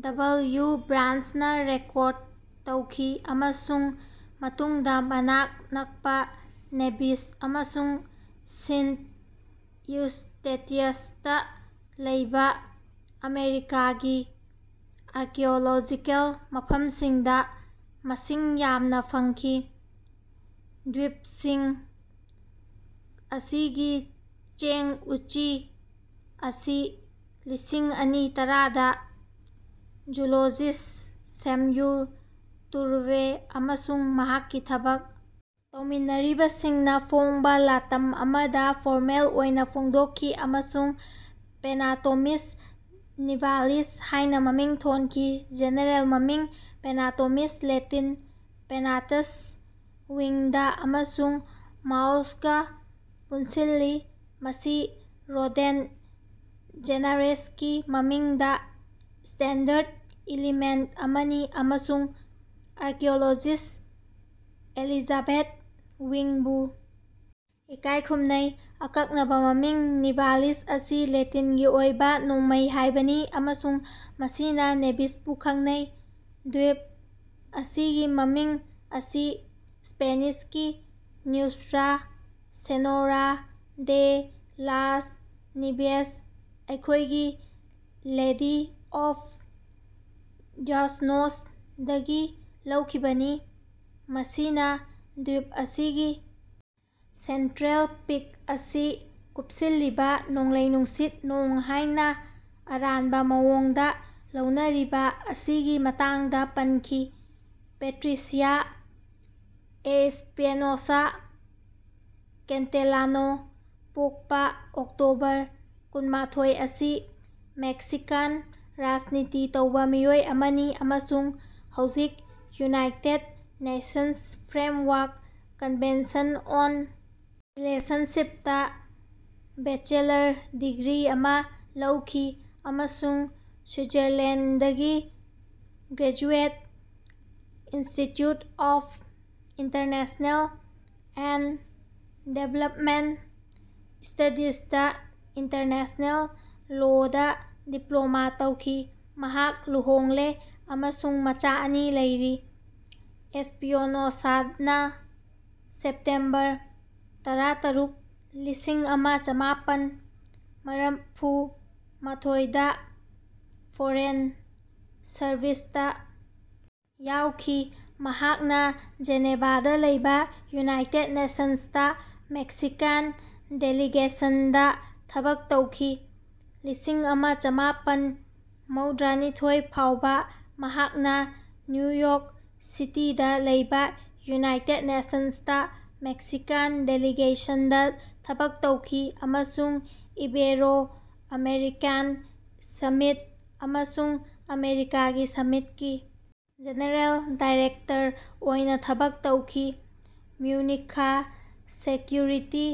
W ꯕ꯭ꯔꯥꯟꯆꯅ record ꯇꯧꯈꯤ ꯑꯃꯁꯨꯡ ꯃꯇꯨꯡꯗ ꯃꯅꯥꯛ ꯅꯛꯄ ꯅꯦꯚꯤꯁ ꯑꯃꯁꯨꯡ ꯁꯤꯟꯠ ꯏꯎꯁ꯭ꯇꯦꯇꯤꯌꯁꯇ ꯂꯩꯕ ꯑꯃꯦꯔꯤꯀꯥꯒꯤ ꯑꯥꯔꯀꯤꯑꯣꯂꯣꯖꯤꯀꯦꯜ ꯃꯐꯝꯁꯤꯡꯗ ꯃꯁꯤꯡ ꯌꯥꯝꯅꯥ ꯐꯪꯈꯤ꯫ ꯗ꯭ꯕꯤꯞꯁꯤꯡ ꯑꯁꯤꯒꯤ ꯆꯦꯡ ꯎꯆꯤ ꯑꯁꯤ ꯂꯤꯁꯤꯡ ꯑꯅꯤ ꯇꯔꯥꯗ ꯖꯨꯂꯣꯖꯤꯁ ꯁꯦꯝꯌꯨꯜ ꯇꯨꯔꯚꯦ ꯑꯃꯁꯨꯡ ꯃꯍꯥꯛꯀꯤ ꯊꯕꯛ ꯇꯧꯃꯤꯟꯅꯔꯤꯕꯁꯤꯡꯅ ꯐꯣꯡꯕ ꯂꯥꯇꯝ ꯑꯃꯗ ꯐꯣꯔꯃꯦꯜ ꯑꯣꯏꯅ ꯐꯣꯡꯗꯣꯛꯈꯤ ꯑꯃꯁꯨꯡ ꯄꯦꯅꯥꯇꯣꯃꯤꯁ ꯅꯤꯚꯥꯂꯤꯁ ꯍꯥꯏꯅ ꯃꯃꯤꯡ ꯊꯣꯟꯈꯤ꯫ ꯖꯦꯅꯦꯔꯦꯜ ꯃꯃꯤꯡ ꯄꯦꯅꯥꯇꯣꯃꯤꯁ ꯂꯦꯇꯤꯟ ꯄꯦꯅꯥꯇꯁ ꯋꯤꯡꯗ ꯑꯃꯁꯨꯡ ꯃꯥꯎꯁꯒꯥ ꯄꯨꯟꯁꯤꯜꯂꯤ ꯃꯁꯤ ꯔꯣꯗꯦꯟꯠ ꯖꯦꯅꯥꯔꯦꯁꯀꯤ ꯃꯃꯤꯡꯗ ꯁ꯭ꯇꯦꯟꯗꯔꯗ ꯏꯂꯤꯃꯦꯟꯠ ꯑꯃꯅꯤ ꯑꯃꯁꯨꯡ ꯑꯥꯔꯀꯤꯑꯣꯂꯣꯖꯤꯁ ꯑꯦꯂꯤꯖꯥꯕꯦꯊ ꯋꯤꯡꯕꯨ ꯏꯀꯥꯏꯈꯨꯝꯅꯩ꯫ ꯑꯀꯛꯅꯕ ꯃꯃꯤꯡ ꯅꯤꯚꯥꯂꯤꯁ ꯑꯁꯤ ꯂꯦꯇꯤꯟꯒꯤ ꯑꯣꯏꯕ ꯅꯣꯡꯃꯩ ꯍꯥꯏꯕꯅꯤ ꯑꯃꯁꯨꯡ ꯃꯁꯤꯅ ꯅꯦꯚꯤꯁꯄꯨ ꯈꯪꯅꯩ꯫ ꯗ꯭ꯕꯤꯞ ꯑꯁꯤꯒꯤ ꯃꯃꯤꯡ ꯑꯁꯤ ꯁ꯭ꯄꯦꯅꯤꯁꯀꯤ Nuestra Senora de las Nieves ꯑꯩꯈꯣꯏꯒꯤ ꯂꯦꯗꯤ ꯑꯣꯐ ꯗ꯭ꯌ ꯁ꯭ꯅꯣꯁ ꯗꯒꯤ ꯂꯧꯈꯤꯕꯅꯤ ꯃꯁꯤꯅꯥ ꯗ꯭ꯕꯤꯞ ꯑꯁꯤꯒꯤ ꯁꯦꯟꯇ꯭ꯔꯦꯜ ꯄꯤꯛ ꯑꯁꯤ ꯀꯨꯞꯁꯤꯜꯂꯤꯕꯥ ꯅꯣꯡꯂꯩ ꯅꯨꯡꯁꯤꯠ ꯅꯣꯡ ꯍꯥꯏꯅ ꯑꯔꯥꯟꯕ ꯃꯑꯣꯡꯗ ꯂꯧꯅꯔꯤꯕ ꯑꯁꯤꯒꯤ ꯃꯇꯥꯡꯗꯥ ꯄꯟꯈꯤ꯫ ꯄꯦꯇ꯭ꯔꯤꯁꯤꯌꯥ ꯑꯦꯁ꯭ꯄꯤꯅꯣꯁꯥ ꯀꯦꯟꯇꯦꯂꯥꯅꯣ ꯄꯣꯛꯄꯥ ꯑꯣꯛꯇꯣꯕꯔ ꯀꯨꯟꯃꯥꯊꯣꯏ ꯑꯁꯤ ꯃꯦꯛꯁꯤꯀꯥꯟ ꯔꯥꯖꯅꯤꯇꯤ ꯇꯧꯕꯥ ꯃꯤꯑꯣꯏ ꯑꯃꯅꯤ ꯑꯃꯁꯨꯡ ꯍꯧꯖꯤꯛ United Nations Framework Convention on ꯔꯤꯂꯦꯁꯟꯁꯤꯞꯇꯥ ꯕꯦꯆꯦꯂꯔ ꯗꯤꯒ꯭ꯔꯤ ꯑꯃꯥ ꯂꯧꯈꯤ ꯑꯃꯁꯨꯡ ꯁ꯭ꯋꯤꯠꯖꯔꯂꯦꯟꯗꯒꯤ graduate institute of international and development ꯁ꯭ꯇꯗꯤꯖꯗꯥ ꯏꯟꯇꯔꯅꯦꯁꯅꯦꯜ ꯂꯣꯗꯥ ꯗꯤꯄ꯭ꯂꯣꯃꯥ ꯂꯧꯈꯤ꯫ ꯃꯍꯥꯛ ꯂꯨꯍꯣꯡꯂꯦ ꯑꯃꯁꯨꯡ ꯃꯆꯥ ꯑꯅꯤ ꯂꯩꯔꯤ꯫ ꯑꯦꯁ꯭ꯄꯤꯅꯣꯁꯥꯅꯥ ꯁꯦꯞꯇꯦꯝꯕꯔ ꯇꯔꯥꯇꯔꯨꯛ ꯂꯤꯁꯤꯡ ꯑꯃ ꯆꯃꯥꯄꯟ ꯃꯔꯐꯨꯃꯥꯊꯣꯏꯗ ꯐꯣꯔꯦꯟ ꯁꯔꯕꯤꯁꯇꯥ ꯌꯥꯎꯈꯤ ꯃꯍꯥꯛꯅꯥ ꯖꯦꯅꯦꯚꯥꯗꯥ ꯂꯩꯕꯥ ꯌꯨꯅꯥꯏꯇꯦꯗ ꯅꯦꯁꯟꯁꯇꯥ ꯃꯦꯛꯁꯤꯀꯥꯟ ꯗꯦꯂꯤꯒꯦꯁꯟꯗꯥ ꯊꯕꯛ ꯇꯧꯈꯤ꯫ ꯂꯤꯁꯤꯡ ꯑꯃ ꯆꯃꯥꯄꯟ ꯃꯧꯗ꯭ꯔꯥꯅꯤꯊꯣꯏ ꯐꯥꯎꯕꯥ ꯃꯍꯥꯛꯅꯥ ꯅ꯭ꯌꯨ ꯌꯣꯔꯛ ꯁꯤꯇꯤꯗꯥ ꯂꯩꯕꯥ ꯌꯨꯅꯥꯏꯇꯦꯗ ꯅꯦꯁꯟꯁꯇꯥ ꯃꯦꯛꯁꯤꯀꯥꯟ ꯗꯦꯂꯤꯒꯦꯁꯟꯗꯥ ꯊꯕꯛ ꯇꯧꯈꯤ ꯑꯃꯁꯨꯡ ꯏꯕꯦꯔꯣ ꯑꯃꯦꯔꯤꯀꯥꯟ ꯁꯃꯤꯠ ꯑꯃꯁꯨꯡ ꯑꯃꯦꯔꯤꯀꯥꯒꯤ ꯁꯃꯤꯠꯀꯤ ꯖꯦꯅꯔꯦꯜ ꯗꯥꯏꯔꯦꯛꯇꯔ ꯑꯣꯏꯅꯥ ꯊꯕꯛ ꯇꯧꯈꯤ꯫ ꯃ꯭ꯌꯨꯅꯤꯈ ꯁꯦꯀ꯭ꯌꯨꯔꯤꯇꯤ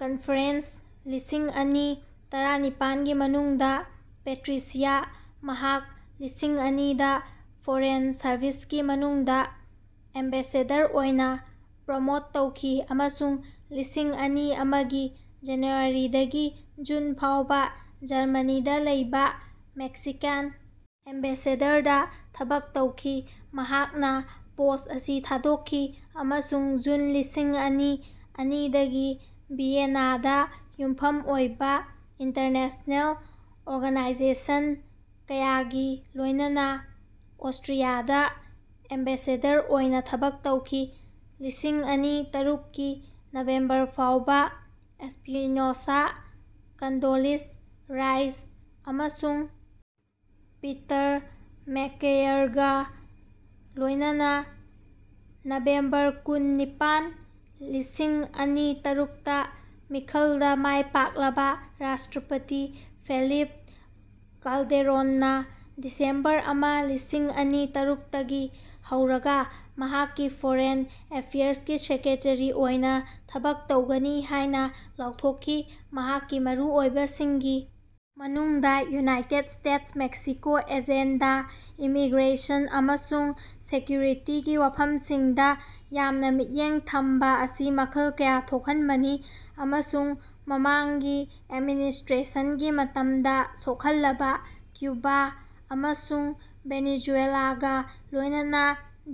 ꯀꯟꯐꯔꯦꯟꯁ ꯂꯤꯁꯤꯡ ꯑꯅꯤ ꯇꯔꯥꯅꯤꯄꯥꯟꯒꯤ ꯃꯅꯨꯡꯗ ꯄꯦꯇ꯭ꯔꯤꯁꯤꯌꯥ ꯃꯍꯥꯛ ꯂꯤꯁꯤꯡ ꯑꯅꯤꯗꯥ ꯐꯣꯔꯦꯟ ꯁꯔꯕꯤꯁꯀꯤ ꯃꯅꯨꯡꯗꯥ ꯑꯦꯝꯕꯦꯁꯦꯗꯔ ꯑꯣꯏꯅꯥ ꯄ꯭ꯔꯣꯃꯣꯠ ꯇꯧꯈꯤ ꯑꯃꯁꯨꯡ ꯂꯤꯁꯤꯡ ꯑꯅꯤ ꯑꯃꯒꯤ ꯖꯅꯨꯋꯥꯔꯤꯗꯒꯤ ꯖꯨꯟ ꯐꯥꯎꯕꯥ ꯖꯔꯃꯅꯤꯗꯥ ꯂꯩꯕꯥ ꯃꯦꯛꯁꯤꯀꯥꯟ ꯑꯦꯝꯕꯦꯁꯦꯗꯔꯗꯥ ꯊꯕꯛ ꯇꯧꯈꯤ ꯃꯍꯥꯛꯅꯥ ꯄꯣꯁ꯭ꯠ ꯑꯁꯤ ꯊꯥꯗꯣꯛꯈꯤ ꯑꯃꯁꯨꯡ ꯖꯨꯟ ꯂꯤꯁꯤꯡ ꯑꯅꯤ ꯑꯅꯤꯗꯒꯤ ꯚꯤꯌꯦꯅꯥꯗꯥ ꯌꯨꯝꯐꯝ ꯑꯣꯏꯕꯥ ꯏꯟꯇꯔꯅꯦꯁꯅꯦꯜ ꯑꯣꯔꯒꯅꯥꯏꯖꯦꯁꯟ ꯀꯌꯥꯒꯥ ꯂꯣꯏꯅꯅꯥ ꯑꯣꯁꯇ꯭ꯔꯤꯌꯥꯗꯥ ꯑꯦꯝꯕꯦꯁꯦꯗꯔ ꯑꯣꯏꯅꯥ ꯊꯕꯛ ꯇꯧꯈꯤ꯫ ꯂꯤꯁꯤꯡ ꯑꯅꯤ ꯇꯔꯨꯛꯀꯤ ꯅꯕꯦꯝꯕꯔ ꯐꯥꯎꯕ ꯑꯦꯁ꯭ꯄꯤꯅꯣꯁꯥ ꯀꯟꯗꯣꯂꯤꯖ ꯔꯥꯏꯁ ꯑꯃꯁꯨꯡ ꯄꯤꯇꯔ ꯃꯦꯀꯀꯦꯌꯔꯒꯥ ꯂꯣꯏꯅꯅꯥ꯫ ꯅꯕꯦꯝꯕꯔ ꯀꯨꯟ ꯅꯤꯄꯥꯟ ꯂꯤꯁꯤꯡ ꯑꯅꯤ ꯇꯔꯨꯛꯇ ꯃꯤꯈꯜꯗꯥ ꯃꯥꯏ ꯄꯥꯛꯂꯕꯥ ꯔꯥꯁꯇ꯭ꯔꯄꯇꯤ ꯐꯦꯂꯤꯞ ꯀꯥꯜꯗꯦꯔꯣꯟꯅꯥ ꯗꯤꯁꯦꯝꯕꯔ ꯑꯃ ꯂꯤꯁꯤꯡ ꯑꯅꯤ ꯇꯔꯨꯛꯇꯒꯤ ꯍꯧꯔꯒꯥ ꯃꯍꯥꯛꯀꯤ ꯐꯣꯔꯦꯟ ꯑꯦꯐꯤꯌꯔꯁꯀꯤ ꯁꯦꯀ꯭ꯔꯦꯇꯔꯤ ꯑꯣꯏꯅꯥ ꯊꯕꯛ ꯇꯧꯒꯅꯤ ꯍꯥꯏꯅꯥ ꯂꯥꯎꯊꯣꯛꯈꯤ ꯃꯍꯥꯛꯀꯤ ꯃꯔꯨ ꯑꯣꯏꯕꯁꯤꯡꯒꯤ ꯃꯅꯨꯡꯗꯥ United States Mexico agenda immigration ꯑꯃꯁꯨꯡ ꯁꯦꯀ꯭ꯌꯨꯔꯤꯇꯤꯒꯤ ꯋꯥꯐꯝꯁꯤꯡꯗꯥ ꯌꯥꯝꯅꯥ ꯃꯤꯠꯌꯦꯡ ꯊꯝꯕꯥ ꯑꯁꯤ ꯃꯈꯜ ꯀꯌꯥ ꯊꯣꯛꯍꯟꯕꯅꯤ꯫ ꯑꯃꯁꯨꯡ ꯃꯃꯥꯡꯒꯤ ꯑꯦꯗꯃꯤꯅꯤꯁꯇ꯭ꯔꯦꯁꯟꯒꯤ ꯃꯇꯝꯗꯥ ꯁꯣꯛꯍꯜꯂꯕꯥ ꯀ꯭ꯌꯨꯕꯥ ꯑꯃꯁꯨꯡ ꯚꯦꯅꯤꯖꯨꯌꯦꯂꯥꯒꯥ ꯂꯣꯏꯅꯅꯥ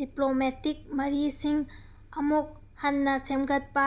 ꯗꯤꯄ꯭ꯂꯣꯃꯦꯇꯤꯛ ꯃꯔꯤꯁꯤꯡ ꯑꯃꯨꯛ ꯍꯟꯅꯥ ꯁꯦꯝꯒꯠꯄꯥ꯫